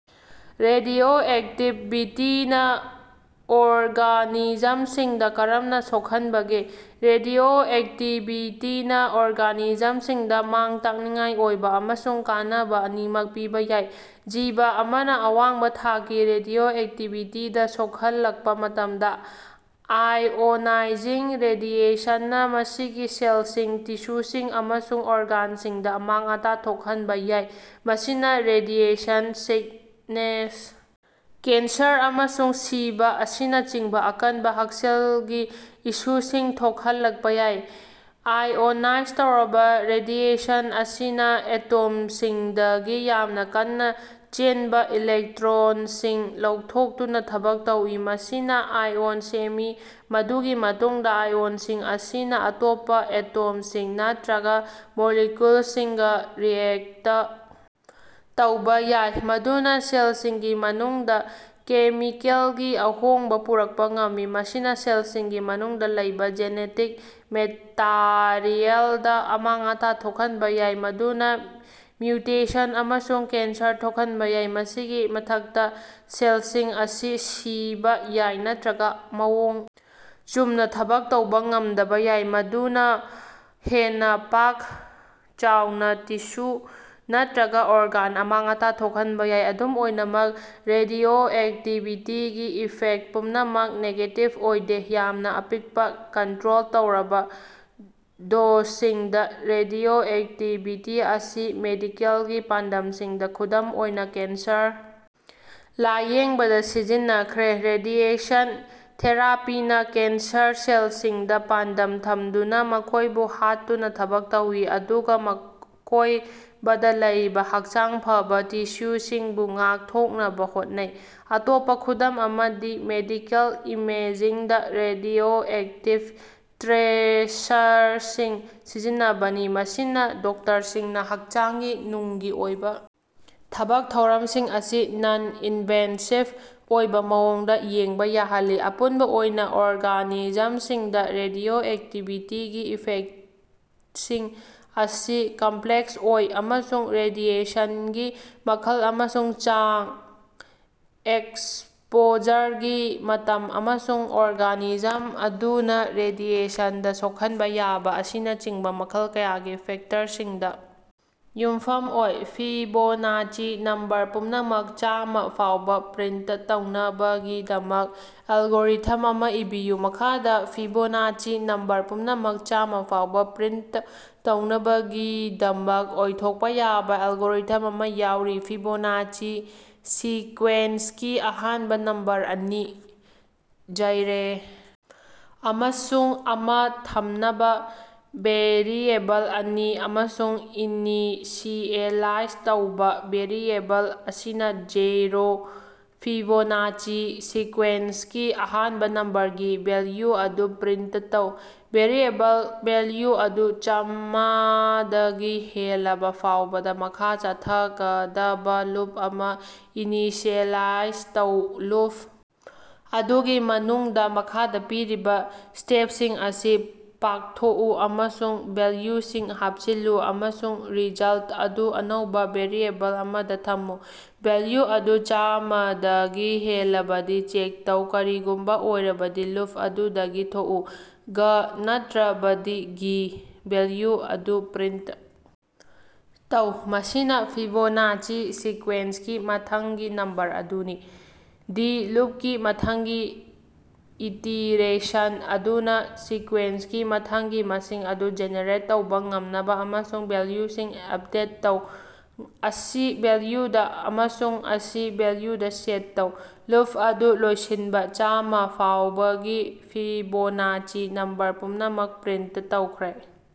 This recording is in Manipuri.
ꯔꯦꯗꯤꯑꯣꯑꯦꯛꯇꯤꯚꯤꯇꯤꯅ ꯑꯣꯔꯒꯥꯅꯤꯖꯝꯁꯤꯡꯗ ꯀꯔꯝꯅ ꯁꯣꯛꯍꯟꯕꯒꯦ? ꯔꯦꯗꯤꯑꯣꯑꯦꯛꯇꯤꯚꯤꯇꯤꯅ ꯑꯣꯔꯒꯥꯅꯤꯖꯝꯁꯤꯡꯗ ꯃꯥꯡ-ꯇꯥꯛꯅꯤꯡꯉꯥꯏ ꯑꯣꯏꯕ ꯑꯃꯁꯨꯡ ꯀꯥꯟꯅꯕ ꯑꯅꯤꯃꯛ ꯄꯤꯕ ꯌꯥꯏ꯫ ꯖꯤꯕ ꯑꯃꯅ ꯑꯋꯥꯡꯕ ꯊꯥꯛꯀꯤ ꯔꯦꯗꯤꯑꯣꯑꯦꯛꯇꯤꯚꯤꯇꯤꯗ ꯁꯣꯛꯍꯜꯂꯛꯄ ꯃꯇꯝꯗ, ꯑꯥꯏꯑꯣꯅꯥꯏꯖꯤꯡ ꯔꯦꯗꯤꯑꯦꯁꯟꯅ ꯃꯁꯤꯒꯤ ꯁꯦꯜꯁꯤꯡ, ꯇꯤꯁꯨꯁꯤꯡ ꯑꯃꯁꯨꯡ ꯑꯣꯔꯒꯥꯟꯁꯤꯡꯗ ꯑꯃꯥꯡ-ꯑꯇꯥ ꯊꯣꯛꯍꯟꯕ ꯌꯥꯏ꯫ ꯃꯁꯤꯅ ꯔꯦꯗꯤꯑꯦꯁꯟ ꯁꯤꯛꯅꯦꯁ, ꯀꯦꯟꯁꯔ, ꯑꯃꯁꯨꯡ ꯁꯤꯕ ꯑꯁꯤꯅꯆꯤꯡꯕ ꯑꯀꯟꯕ ꯍꯛꯁꯦꯜꯒꯤ ꯏꯁꯨꯁꯤꯡ ꯊꯣꯛꯍꯜꯂꯛꯄ ꯌꯥꯏ꯫ ꯑꯥꯏꯑꯣꯅꯥꯏꯖ ꯇꯧꯔꯕ ꯔꯦꯗꯤꯑꯦꯁꯟ ꯑꯁꯤꯅ ꯑꯦꯇꯣꯝꯁꯤꯡꯗꯒꯤ ꯌꯥꯝꯅ ꯀꯟꯅ‌ ꯆꯦꯟꯕ ꯏꯂꯦꯛꯇ꯭ꯔꯣꯟꯁꯤꯡ ꯂꯧꯊꯣꯛꯇꯨꯅ ꯊꯕꯛ ꯇꯧꯏ, ꯃꯁꯤꯅ ꯑꯥꯏꯑꯣꯟ ꯁꯦꯝꯃꯤ꯫ ꯃꯗꯨꯒꯤ ꯃꯇꯨꯡꯗ ꯑꯥꯏꯑꯣꯟꯁꯤꯡ ꯑꯁꯤꯅ ꯑꯇꯣꯞꯄ ꯑꯦꯇꯣꯝꯁꯤꯡ ꯅꯠꯇꯔꯒ ꯃꯣꯂꯤꯀ꯭ꯌꯨꯜꯁꯤꯡꯒ ꯔꯤꯑꯦꯛꯇ ꯇꯧꯕ ꯌꯥꯏ, ꯃꯗꯨꯅ ꯁꯦꯜꯁꯤꯡꯒꯤ ꯃꯅꯨꯡꯗ ꯀꯦꯃꯤꯀꯦꯜꯒꯤ ꯑꯍꯣꯡꯕ ꯄꯨꯔꯛꯄ ꯉꯝꯃꯤ꯫ ꯃꯁꯤꯅ ꯁꯦꯜꯁꯤꯡꯒꯤ ꯃꯅꯨꯡꯗ ꯂꯩꯕ ꯖꯦꯅꯦꯇꯤꯛ ꯃꯦꯇꯥꯔꯤꯑꯦꯜ ꯗꯥ ꯑꯃꯥꯡ-ꯑꯇꯥ ꯊꯣꯛꯍꯟꯕ ꯌꯥꯏ, ꯃꯗꯨꯅꯥ ꯃ꯭ꯌꯨꯇꯦꯁꯟ ꯑꯃꯁꯨꯡ ꯀꯦꯟꯁꯔ ꯊꯣꯛꯍꯟꯕ ꯌꯥꯏ꯫ ꯃꯁꯤꯒꯤ ꯃꯊꯛꯇ, ꯁꯦꯜꯁꯤꯡ ꯑꯁꯤ ꯁꯤꯕꯥ ꯌꯥꯏ ꯅꯠꯇꯔꯒ ꯃꯑꯣꯡ ꯆꯨꯝꯅ ꯊꯕꯛ ꯇꯧꯕ ꯉꯝꯗꯕ ꯌꯥꯏ, ꯃꯗꯨꯅ ꯍꯦꯟꯅ ꯄꯥꯛ-ꯆꯥꯎꯅ ꯇꯤꯁꯨ ꯅꯠꯇꯔꯒ ꯑꯣꯔꯒꯥꯟ ꯑꯃꯥꯡ-ꯑꯇꯥ ꯊꯣꯛꯍꯟꯕ ꯌꯥꯏ꯫ ꯑꯗꯨꯝ ꯑꯣꯏꯅꯃꯛ, ꯔꯦꯗꯤꯑꯣꯑꯦꯛꯇꯤꯚꯤꯇꯤꯒꯤ ꯏꯐꯦꯛꯇ ꯄꯨꯝꯅꯃꯛ ꯅꯦꯒꯦꯇꯤꯚ ꯑꯣꯏꯗꯦ꯫ ꯌꯥꯝꯅ ꯑꯄꯤꯛꯄ, ꯀꯟꯇꯔꯣꯜ ꯇꯧꯔꯕ ꯗꯣꯖꯁꯤꯡꯗ, ꯔꯦꯗꯤꯑꯣꯑꯦꯛꯇꯤꯚꯤꯇꯤ ꯑꯁꯤ ꯃꯦꯗꯤꯀꯦꯜꯒꯤ ꯄꯥꯟꯗꯝꯁꯤꯡꯗ, ꯈꯨꯗꯝ ꯑꯣꯏꯅ ꯀꯦꯟꯁꯔ ꯂꯥꯌꯦꯡꯕꯗ ꯁꯤꯖꯤꯟꯅꯈ꯭ꯔꯦ꯫ ꯔꯦꯗꯤꯑꯦꯁꯟ ꯊꯦꯔꯥꯄꯤꯅ ꯀꯦꯟꯁꯔ ꯁꯦꯜꯁꯤꯡꯗ ꯄꯥꯟꯗꯝ ꯊꯝꯗꯨꯅ ꯃꯈꯣꯏꯕꯨ ꯍꯥꯠꯇꯨꯅ ꯊꯕꯛ ꯇꯧꯏ, ꯑꯗꯨꯒ ꯑꯀꯣꯏꯕꯗ ꯂꯩꯔꯤꯕ ꯍꯛꯆꯥꯡ ꯐꯕꯥ ꯇꯤꯁ꯭ꯌꯨꯁꯤꯡꯕꯨ ꯉꯥꯛꯊꯣꯛꯅꯕ ꯍꯣꯠꯅꯩ꯫ ꯑꯇꯣꯞꯄ ꯈꯨꯗꯝ ꯑꯃꯗꯤ ꯃꯦꯗꯤꯀꯦꯜ ꯏꯃꯦꯖꯤꯡꯗ ꯔꯦꯗꯤꯑꯣꯑꯦꯛꯇꯤꯚ ꯇ꯭ꯔꯦꯁꯔꯁꯤꯡ ꯁꯤꯖꯤꯟꯅꯕꯅꯤ, ꯃꯁꯤꯅ ꯗꯣꯛꯇꯔꯁꯤꯡꯅ ꯍꯛꯆꯥꯡꯒꯤ ꯅꯨꯡꯒꯤ ꯑꯣꯏꯕ ꯊꯕꯛ ꯊꯧꯔꯝꯁꯤꯡ ꯑꯁꯤ ꯅꯟ-ꯏꯟꯚꯦꯁꯤꯕ ꯑꯣꯏꯕ ꯃꯑꯣꯡꯗ ꯌꯦꯡꯕ ꯌꯥꯍꯜꯂꯤ꯫ ꯑꯄꯨꯟꯕ ꯑꯣꯏꯅ, ꯑꯣꯔꯒꯥꯅꯤꯖꯝꯁꯤꯡꯗ ꯔꯦꯗꯤꯑꯣꯑꯦꯛꯇꯤꯚꯤꯇꯤꯒꯤ ꯏꯐꯦꯛꯇꯁꯤꯡ ꯑꯁꯤ ꯀꯝꯄ꯭ꯂꯦꯛꯁ ꯑꯣꯏ, ꯑꯃꯁꯨꯡ ꯔꯦꯗꯤꯑꯦꯁꯟꯒꯤ ꯃꯈꯜ ꯑꯃꯁꯨꯡ ꯆꯥꯡ, ꯑꯦꯛꯁꯄꯣꯖꯔꯒꯤ ꯃꯇꯝ, ꯑꯃꯁꯨꯡ ꯑꯣꯔꯒꯥꯅꯤꯖꯝ ꯑꯗꯨꯅ ꯔꯦꯗꯤꯑꯦꯁꯟꯗ ꯁꯣꯛꯍꯟꯕ ꯌꯥꯕ ꯑꯁꯤꯅꯆꯤꯡꯕ‌ ꯃꯈꯜ ꯀꯌꯥꯒꯤ ꯐꯦꯛꯇꯔꯁꯤꯡꯗ ꯌꯨꯝꯐꯝ ꯑꯣꯏ꯫ ꯐꯤꯕꯣꯅꯥꯆꯤ ꯅꯝꯕꯔ ꯄꯨꯝꯅꯃꯛ ꯆꯥꯝꯃꯥ ꯐꯥꯎꯕ ꯄ꯭ꯔꯤꯟꯇ ꯇꯧꯅꯕꯒꯤꯗꯃꯛ ꯑꯦꯜꯒꯣꯔꯤꯊꯝ ꯑꯃ ꯏꯕꯤꯌꯨ꯫ ꯃꯈꯥꯗ ꯐꯤꯕꯣꯅꯥꯆꯤ ꯅꯝꯕꯔ ꯄꯨꯝꯅꯃꯛ ꯆꯥꯝꯃꯥ ꯐꯥꯎꯕ‌ ꯄ꯭ꯔꯤꯟꯇ ꯇꯧꯅꯕꯒꯤꯗꯃꯛ ꯑꯣꯏꯊꯣꯛꯄ ꯌꯥꯕ ꯑꯦꯜꯒꯣꯔꯤꯊꯝ ꯑꯃ ꯌꯥꯎꯔꯤ - ꯐꯤꯕꯣꯅꯥꯆꯤ ꯁꯤꯀ꯭ꯋꯦꯟꯁꯀꯤ ꯑꯍꯥꯟꯕ ꯅꯝꯕꯔ ꯑꯅꯤ, ꯖꯩꯔꯦ ꯑꯃꯁꯨꯡ ꯑꯃ ꯊꯝꯅꯕ‌ ꯚꯦꯔꯤꯑꯦꯕꯜ ꯑꯅꯤ, ꯑꯃꯁꯨꯡ, ꯏꯅꯤꯁꯤꯑꯦꯂꯥꯏꯖ ꯇꯧꯕ ꯚꯦꯔꯤꯑꯦꯕꯜ, ꯃꯁꯤꯅ‌ ꯖꯩꯔꯣ, ꯐꯤꯕꯣꯅꯥꯆꯤ ꯁꯤꯀ꯭ꯋꯦꯟꯁꯀꯤ ꯑꯍꯥꯟꯕ ꯅꯝꯕꯔ ꯒꯤ ꯚꯦꯂ꯭ꯌꯨ ꯑꯗꯨ ꯄ꯭ꯔꯤꯟꯇ ꯇꯧ꯫ ꯚꯦꯔꯤꯑꯦꯕꯜ ꯚꯦꯂ꯭ꯌꯨ ꯑꯗꯨ ꯆꯥꯝꯃꯥꯗꯒꯤ ꯍꯦꯜꯂꯕ ꯐꯥꯎꯕꯗ ꯃꯈꯥ ꯆꯠꯊꯒꯗꯕ ꯂꯨꯞ ꯑꯃ ꯏꯅꯤꯁꯤꯑꯦꯂꯥꯏꯖ ꯇꯧ ꯂꯨꯞ ꯑꯗꯨꯒꯤ ꯃꯅꯨꯡꯗ ꯃꯈꯥꯗ ꯄꯤꯔꯤꯕ ꯁ꯭ꯇꯦꯞꯁꯤꯡ ꯑꯁꯤ ꯄꯥꯡꯊꯣꯛꯎ꯫ꯑꯃꯁꯨꯡ ꯚꯦꯂ꯭ꯌꯨꯁꯤꯡ ꯍꯥꯞꯆꯤꯜꯂꯨ ꯑꯃꯁꯨꯡ ꯔꯤꯖꯜꯇ ꯑꯗꯨ ꯑꯅꯧꯕ ꯚꯦꯔꯤꯑꯦꯕꯜ ꯑꯃꯗ‌ ꯊꯝꯃꯨ ꯚꯦꯂ꯭ꯌꯨ ꯑꯗꯨ ꯆꯥꯝꯃꯥꯗꯒꯤ ꯍꯦꯜꯂꯕꯗꯤ ꯆꯦꯛ ꯇꯧ, ꯀꯔꯤꯒꯨꯝꯕ ꯑꯣꯏꯔꯕꯗꯤ, ꯂꯨꯞ ꯑꯗꯨꯗꯒꯤ ꯊꯣꯛꯎ꯫ ꯒ ꯅꯠꯇꯔꯕꯗꯤ, ꯒꯤ ꯚꯦꯂ꯭ꯌꯨ ꯑꯗꯨ ꯄ꯭ꯔꯤꯟꯇ ꯇꯧ, ꯃꯁꯤꯅ ꯐꯤꯕꯣꯅꯥꯆꯤ ꯁꯤꯀ꯭ꯋꯦꯟꯁꯀꯤ ꯃꯊꯪꯒꯤ ꯅꯝꯕꯔ ꯑꯗꯨꯅꯤ꯫ ꯗꯤ ꯂꯨꯞꯀꯤ ꯃꯊꯪꯒꯤ ꯏꯇꯤꯔꯦꯁꯟ ꯑꯗꯨꯅ ꯁꯤꯀ꯭ꯋꯦꯟꯁꯀꯤ ꯃꯊꯪꯒꯤ ꯃꯁꯤꯡ ꯑꯗꯨ ꯖꯦꯅꯦꯔꯦꯠ ꯇꯧꯕ‌ ꯉꯝꯅꯕ ꯑꯃꯁꯨꯡ ꯚꯦꯂ꯭ꯌꯨꯁꯤꯡ ꯑꯞꯗꯦꯠ ꯇꯧ꯫ ꯑꯁꯤ ꯚꯦꯂ꯭ꯌꯨꯗ ꯑꯃꯁꯨꯡ ꯑꯁꯤ ꯚꯦꯂ꯭ꯌꯨꯗ ꯁꯦꯠ ꯇꯧ꯫ ꯂꯨꯞ ꯑꯗꯨ ꯂꯣꯏꯁꯤꯟꯕ - ꯆꯥꯝꯃꯥ ꯐꯥꯎꯕꯒꯤ ꯐꯤꯕꯣꯅꯥꯆꯤ ꯅꯝꯕꯔ ꯄꯨꯝꯅꯃꯛ ꯄ꯭ꯔꯤꯟꯇ ꯇꯧꯈ꯭ꯔꯦ꯫